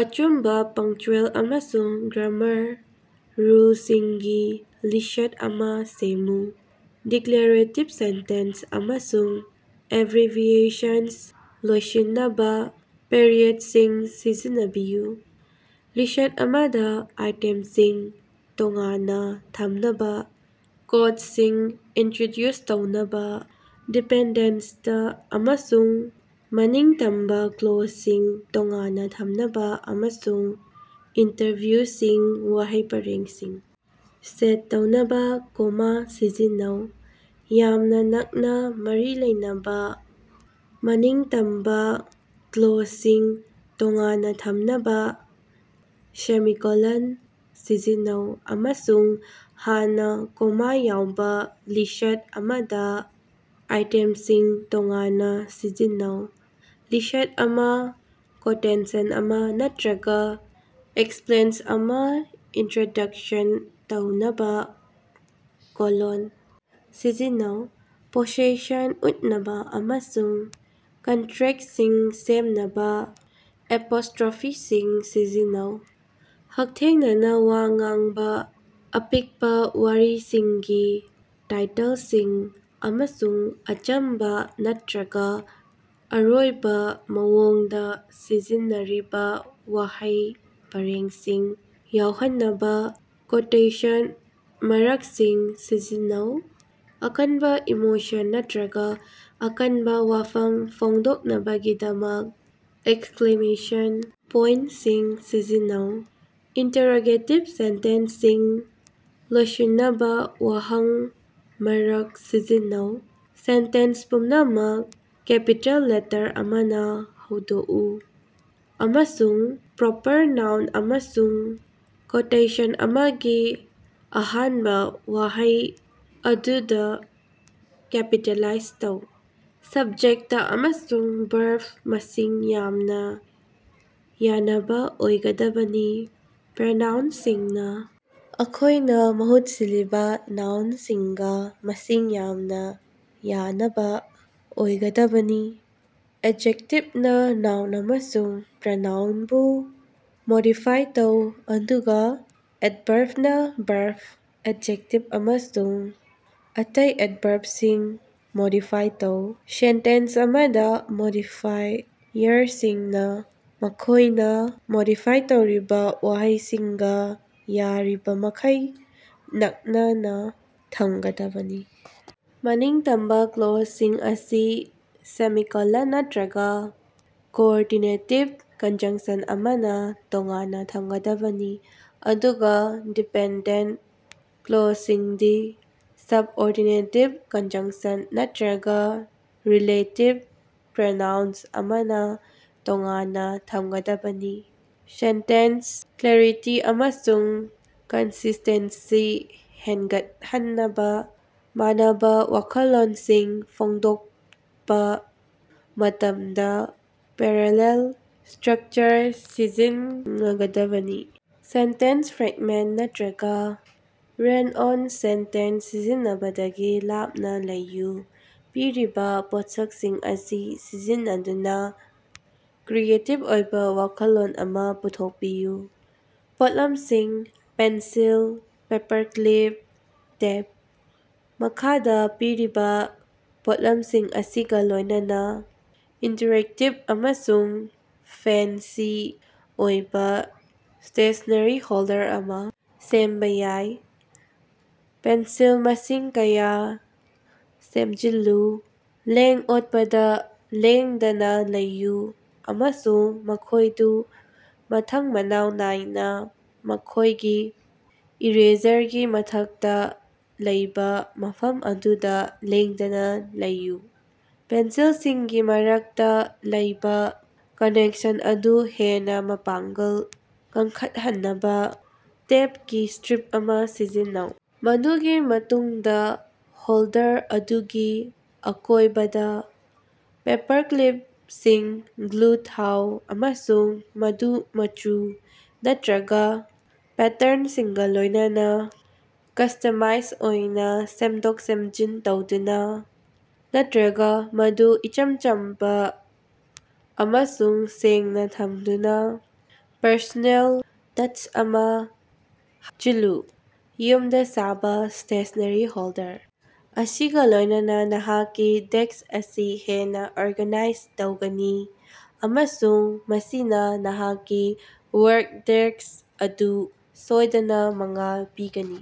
ꯑꯆꯨꯝꯕ ꯄꯪꯆ꯭ꯌꯨꯑꯦꯜ ꯑꯃꯁꯨꯡ grammar ꯔꯨꯜꯁꯤꯡꯒꯤ list ꯑꯃ ꯁꯦꯝꯃꯨ꯫ ꯗꯤꯀ꯭ꯂꯥꯔꯦꯇꯤꯚ ꯁꯦꯟꯇꯦꯟꯁ ꯑꯃꯁꯨꯡ ꯑꯦꯕ꯭ꯔꯤꯕꯤꯌꯦꯁꯟꯁꯤꯡ ꯂꯣꯏꯁꯤꯟꯅꯕ ꯄꯤꯔꯤꯌꯦꯗꯁꯤꯡ ꯁꯤꯖꯤꯟꯅꯕꯤꯌꯨ꯫ ꯂꯤꯁꯠ ꯑꯃꯗ ꯑꯥꯏꯇꯦꯝꯁꯤꯡ ꯇꯣꯉꯥꯟꯅ ꯊꯝꯅꯕ, ꯀꯣꯠꯁꯤꯡ ꯏꯟꯇ꯭ꯔꯣꯗ꯭ꯌꯨꯁ ꯇꯧꯅꯕ, ꯗꯤꯄꯦꯟꯗꯦꯟꯇ ꯑꯃꯁꯨꯡ ꯃꯅꯤꯡꯇꯝꯕ ꯀ꯭ꯂꯣꯖꯁꯤꯡ ꯇꯣꯉꯥꯟꯅ ꯊꯝꯅꯕ ꯑꯃꯁꯨꯡ ꯏꯟꯇ꯭ꯔꯣꯗ꯭ꯌꯨꯁꯤꯡ ꯋꯥꯍꯩ ꯄꯔꯦꯡꯁꯤꯡ ꯁꯦꯠ ꯇꯧꯅꯕ ꯀꯣꯃꯥ ꯁꯤꯖꯤꯟꯅꯧ꯫ ꯌꯥꯝꯅ ꯅꯛꯅ ꯃꯔꯤ ꯂꯩꯅꯕ ꯃꯅꯤꯡꯇꯝꯕ ꯀ꯭ꯂꯣꯖꯁꯤꯡ ꯇꯣꯉꯥꯟꯅ ꯊꯝꯅꯕ ꯁꯦꯃꯤꯀꯣꯂꯟ ꯁꯤꯖꯤꯟꯅꯧ ꯑꯃꯁꯨꯡ ꯍꯥꯟꯅꯅ ꯀꯣꯃꯥ ꯌꯥꯎꯕ ꯂꯤꯁꯠ ꯑꯃꯗ ꯑꯥꯏꯇꯦꯝꯁꯤꯡ ꯇꯣꯉꯥꯟꯅ ꯁꯤꯖꯤꯟꯅꯧ꯫ ꯂꯤꯁꯠ ꯑꯃ, ꯀꯣꯇꯦꯁꯟ ꯑꯃ ꯅꯠꯇ꯭ꯔꯒ ꯑꯦꯛꯁꯄ꯭ꯂꯦꯟ ꯑꯃ ꯏꯟꯇ꯭ꯔꯣꯗ꯭ꯌꯨꯁ ꯇꯧꯅꯕ ꯀꯣꯂꯣꯟ ꯁꯤꯖꯤꯟꯅꯧ꯫ ꯄꯣꯁꯦꯁꯟ ꯎꯠꯅꯕ ꯑꯃꯁꯨꯡ ꯀꯟꯇ꯭ꯔꯦꯛꯇꯁꯤꯡ ꯁꯦꯝꯅꯕ ꯑꯦꯄꯣꯁꯇ꯭ꯔꯣꯐꯤꯁꯤꯡ ꯁꯤꯖꯤꯟꯅꯧ꯫ ꯍꯛꯊꯦꯡꯅꯅ ꯋꯥ ꯉꯥꯡꯕ, ꯑꯄꯤꯛꯄ ꯋꯥꯔꯤꯁꯤꯡꯒꯤ ꯇꯥꯏꯇꯜꯁꯤꯡ, ꯑꯃꯁꯨꯡ ꯑꯆꯝꯕ ꯅꯠꯇ꯭ꯔꯒ ꯑꯔꯣꯏꯕ ꯃꯑꯣꯡꯗ ꯁꯤꯖꯤꯟꯅꯔꯤꯕ ꯋꯥꯍꯩ ꯄꯔꯦꯡꯁꯤꯡ ꯌꯥꯎꯍꯟꯅꯕ ꯀꯣꯇꯦꯁꯟ ꯃꯥꯔꯛꯁꯤꯡ ꯁꯤꯖꯤꯟꯅꯧ꯫ ꯑꯀꯟꯕ ꯏꯃꯣꯁꯟ ꯅꯠꯇ꯭ꯔꯒ ꯑꯀꯟꯕ ꯋꯥꯐꯝ ꯐꯣꯡꯗꯣꯛꯅꯕꯒꯤꯗꯃꯛ ꯑꯦꯛꯁꯀ꯭ꯂꯦꯃꯦꯁꯟ ꯄꯣꯏꯟꯇꯁꯤꯡ ꯁꯤꯖꯤꯟꯅꯧ꯫ ꯏꯟꯇꯔꯔꯣꯒꯦꯇꯤꯚ ꯁꯦꯟꯇꯦꯟꯁꯁꯤꯡ ꯂꯣꯏꯁꯤꯟꯅꯕ ꯋꯥꯍꯪ ꯃꯥꯔꯛ ꯁꯤꯖꯤꯟꯅꯧ꯫ ꯁꯦꯟꯇꯦꯟꯁ ꯄꯨꯝꯅꯃꯛ ꯀꯦꯄꯤꯇꯦꯜ ꯂꯦꯇꯔ ꯑꯃꯅ ꯍꯧꯗꯣꯛꯎ, ꯑꯃꯁꯨꯡ ꯄ꯭ꯔꯣꯄꯔ ꯅꯥꯎꯟ ꯑꯃꯁꯨꯡ ꯀꯣꯇꯦꯁꯟ ꯑꯃꯒꯤ ꯑꯍꯥꯟꯕ ꯋꯥꯍꯩ ꯑꯗꯨ ꯀꯦꯄꯤꯇꯦꯂꯥꯏꯖ ꯇꯧ꯫ ꯁꯕꯖꯦꯛꯇ ꯑꯃꯁꯨꯡ ꯚꯔꯕ ꯃꯁꯤꯡ ꯌꯥꯝꯅ ꯌꯥꯅꯕ ꯑꯣꯏꯒꯗꯕꯅꯤ꯫ ꯄ꯭ꯔꯣꯅꯥꯎꯟꯁꯤꯡꯅ ꯃꯈꯣꯏꯅ ꯃꯍꯨꯠ ꯁꯤꯜꯂꯤꯕ ꯅꯥꯎꯟꯁꯤꯡꯒ ꯃꯁꯤꯡ ꯌꯥꯝꯅ ꯌꯥꯅꯕ ꯑꯣꯏꯒꯗꯕꯅꯤ꯫ ꯑꯦꯖꯦꯛꯇꯤꯚꯅ ꯅꯥꯎꯟ ꯑꯃꯁꯨꯡ ꯄ꯭ꯔꯣꯅꯥꯎꯟꯕꯨ ꯃꯣꯗꯤꯐꯥꯏ ꯇꯧꯏ ꯑꯗꯨꯒ ꯑꯦꯗꯚꯔꯕꯅ ꯚꯔꯕ, ꯑꯦꯖꯦꯛꯇꯤꯚ ꯑꯃꯁꯨꯡ ꯑꯇꯩ ꯑꯦꯗꯚꯔꯕꯜꯁꯤꯡ ꯃꯣꯗꯤꯐꯥꯏ ꯇꯧꯏ꯫ ꯁꯦꯟꯇꯦꯟꯁ ꯑꯃꯗ ꯃꯣꯗꯤꯐꯥꯏꯌꯔꯁꯤꯡꯅ ꯃꯈꯣꯏꯅ ꯃꯣꯗꯤꯐꯥꯏ ꯇꯧꯔꯤꯕ ꯋꯥꯍꯩꯁꯤꯡꯒ ꯌꯥꯔꯤꯕꯃꯈꯩ ꯅꯛꯅ ꯊꯝꯒꯗꯕꯅꯤ꯫ ꯃꯅꯤꯡꯇꯝꯕ ꯀ꯭ꯂꯣꯖꯁꯤꯡ ꯑꯁꯤ ꯁꯦꯃꯤꯀꯣꯂꯟ ꯅꯠꯇ꯭ꯔꯒ ꯀꯣꯑꯣꯔꯗꯤꯅꯦꯇꯤꯡ ꯀꯟꯖꯪꯁꯟ ꯑꯃꯅ ꯇꯣꯉꯥꯟꯅ ꯊꯝꯒꯗꯕꯅꯤ ꯑꯗꯨꯒ ꯗꯤꯄꯦꯟꯗꯦꯟꯇ ꯀ꯭ꯂꯣꯖꯁꯤꯡꯗꯤ ꯁꯕꯑꯣꯔꯗꯤꯅꯦꯇꯤꯡ ꯀꯟꯖꯪꯁꯟ ꯅꯠꯇ꯭ꯔꯒ ꯔꯤꯂꯦꯇꯤꯚ ꯄ꯭ꯔꯣꯅꯥꯎꯟ ꯑꯃꯅ ꯇꯣꯉꯥꯟꯅ ꯊꯝꯒꯗꯕꯅꯤ꯫ ꯁꯦꯟꯇꯦꯟꯁ ꯀ꯭ꯂꯦꯔꯤꯇꯤ ꯑꯃꯁꯨꯡ ꯀꯟꯁꯤꯁꯇꯦꯟꯁꯤ ꯍꯦꯟꯒꯠꯍꯟꯅꯕ ꯃꯥꯟꯅꯕ ꯋꯥꯈꯜꯂꯣꯟꯁꯤꯡ ꯐꯣꯡꯗꯣꯛꯄ ꯃꯇꯝꯗ ꯄꯦꯔꯦꯂꯦꯜ ꯁꯇ꯭ꯔꯛꯆꯔ ꯁꯤꯖꯤꯟꯉꯗꯕꯅꯤ꯫ ꯁꯦꯟꯇꯦꯟꯁ ꯐ꯭ꯔꯦꯛꯃꯦꯟꯇ ꯅꯠꯇ꯭ꯔꯒ ꯔꯟ-ꯑꯣꯟ ꯁꯦꯟꯇꯦꯟꯁ ꯁꯤꯖꯤꯟꯅꯕꯗꯒꯤ ꯂꯥꯞꯅ ꯂꯩꯌꯨ꯫ ꯄꯤꯔꯤꯕ ꯄꯣꯠꯁꯛꯁꯤꯡ ꯑꯁꯤ ꯁꯤꯖꯤꯟꯅꯗꯨꯅ ꯀ꯭ꯔꯤꯌꯦꯇꯤꯐ ꯑꯣꯏꯕ ꯋꯥꯈꯜꯂꯣꯟ ꯑꯃ ꯄꯨꯊꯣꯛꯄꯤꯌꯨ꯫ ꯄꯣꯠꯂꯝꯁꯤꯡ: ꯄꯦꯟꯁꯤꯜ, ꯄꯦꯄꯔꯀ꯭ꯂꯤꯞ, ꯇꯦꯞ꯫ ꯃꯈꯥꯗ ꯄꯤꯔꯤꯕ ꯄꯣꯠꯂꯝꯁꯤꯡ ꯑꯁꯤꯒ ꯂꯣꯏꯅꯅ ꯏꯟꯇꯔꯦꯛꯇꯤꯚ ꯑꯃꯁꯨꯡ ꯐꯦꯟꯁꯤ ꯑꯣꯏꯕ ꯁ꯭ꯇꯦꯁꯅꯦꯔꯤ ꯍꯣꯜꯗꯔ ꯑꯃ ꯁꯦꯝꯕ ꯌꯥꯏ꯫ ꯄꯦꯟꯁꯤꯜ ꯃꯁꯤꯡ ꯀꯌꯥ ꯁꯦꯝꯖꯤꯜꯂꯨ, ꯂꯦꯡ-ꯑꯣꯠꯄꯗ ꯂꯦꯡꯗꯅ ꯂꯩꯌꯨ ꯑꯃꯁꯨꯡ ꯃꯈꯣꯏꯗꯨ ꯃꯊꯪ-ꯃꯅꯥꯎ ꯅꯥꯏꯅ ꯃꯈꯣꯏꯒꯤ ꯏꯔꯦꯖꯔꯒꯤ ꯃꯊꯛꯇ ꯂꯩꯕ ꯃꯐꯝ ꯑꯗꯨꯗ ꯂꯦꯡꯗꯅ ꯂꯩꯌꯨ꯫ ꯄꯦꯟꯁꯤꯜꯁꯤꯡꯒꯤ ꯃꯔꯛꯇ ꯂꯩꯕ ꯀꯅꯦꯛꯁꯟ ꯑꯗꯨ ꯍꯦꯟꯅ ꯃꯄꯥꯡꯒꯜ ꯀꯟꯈꯠꯍꯟꯅꯕ ꯇꯦꯞꯀꯤ ꯁ꯭ꯇꯔꯤꯞ ꯑꯃ ꯁꯤꯖꯤꯟꯅꯧ꯫ ꯃꯗꯨꯒꯤ ꯃꯇꯨꯡꯗ ꯍꯣꯜꯗꯔ ꯑꯗꯨꯒꯤ ꯑꯀꯣꯏꯕꯗ ꯄꯦꯄꯔꯀ꯭ꯂꯤꯄꯁꯤꯡ ꯒ꯭ꯂꯨ ꯊꯥꯎ ꯑꯃꯁꯨꯡ ꯃꯗꯨ ꯃꯆꯨ ꯅꯠꯇ꯭ꯔꯒ ꯄꯦꯇꯔꯟꯁꯤꯡꯒ ꯂꯣꯏꯅꯅ ꯀꯁꯇꯃꯥꯏꯁ ꯑꯣꯏꯅ ꯁꯦꯝꯗꯣꯛ-ꯁꯦꯝꯖꯤꯟ ꯇꯧꯗꯨꯅ, ꯅꯠꯇ꯭ꯔꯒ ꯃꯗꯨ ꯏꯆꯝ ꯆꯝꯕ ꯑꯃꯁꯨꯡ ꯁꯦꯡꯅ ꯊꯝꯗꯨꯅ ꯄꯔꯁꯣꯅꯦꯜ ꯇꯆ ꯑꯃ ꯍꯥꯞꯆꯤꯜꯂꯨ꯫ ꯌꯨꯝꯗ ꯁꯥꯕ ꯁ꯭ꯇꯦꯁꯅꯦꯔꯤ ꯍꯣꯜꯗꯔ ꯑꯁꯤꯒ ꯂꯣꯏꯅꯅ ꯅꯍꯥꯛꯀꯤ ꯗꯦꯁ꯭ꯛ ꯑꯁꯤ ꯍꯦꯟꯅ ꯑꯣꯔꯒꯅꯥꯏꯖ ꯇꯧꯒꯅꯤ, ꯑꯃꯁꯨꯡ ꯃꯁꯤꯅ ꯅꯍꯥꯛꯀꯤ ꯋꯥꯔꯛ-ꯁ꯭ꯄꯦꯁ ꯑꯗꯨ ꯁꯣꯏꯗꯅ ꯃꯉꯥꯜ ꯄꯤꯒꯅꯤ꯫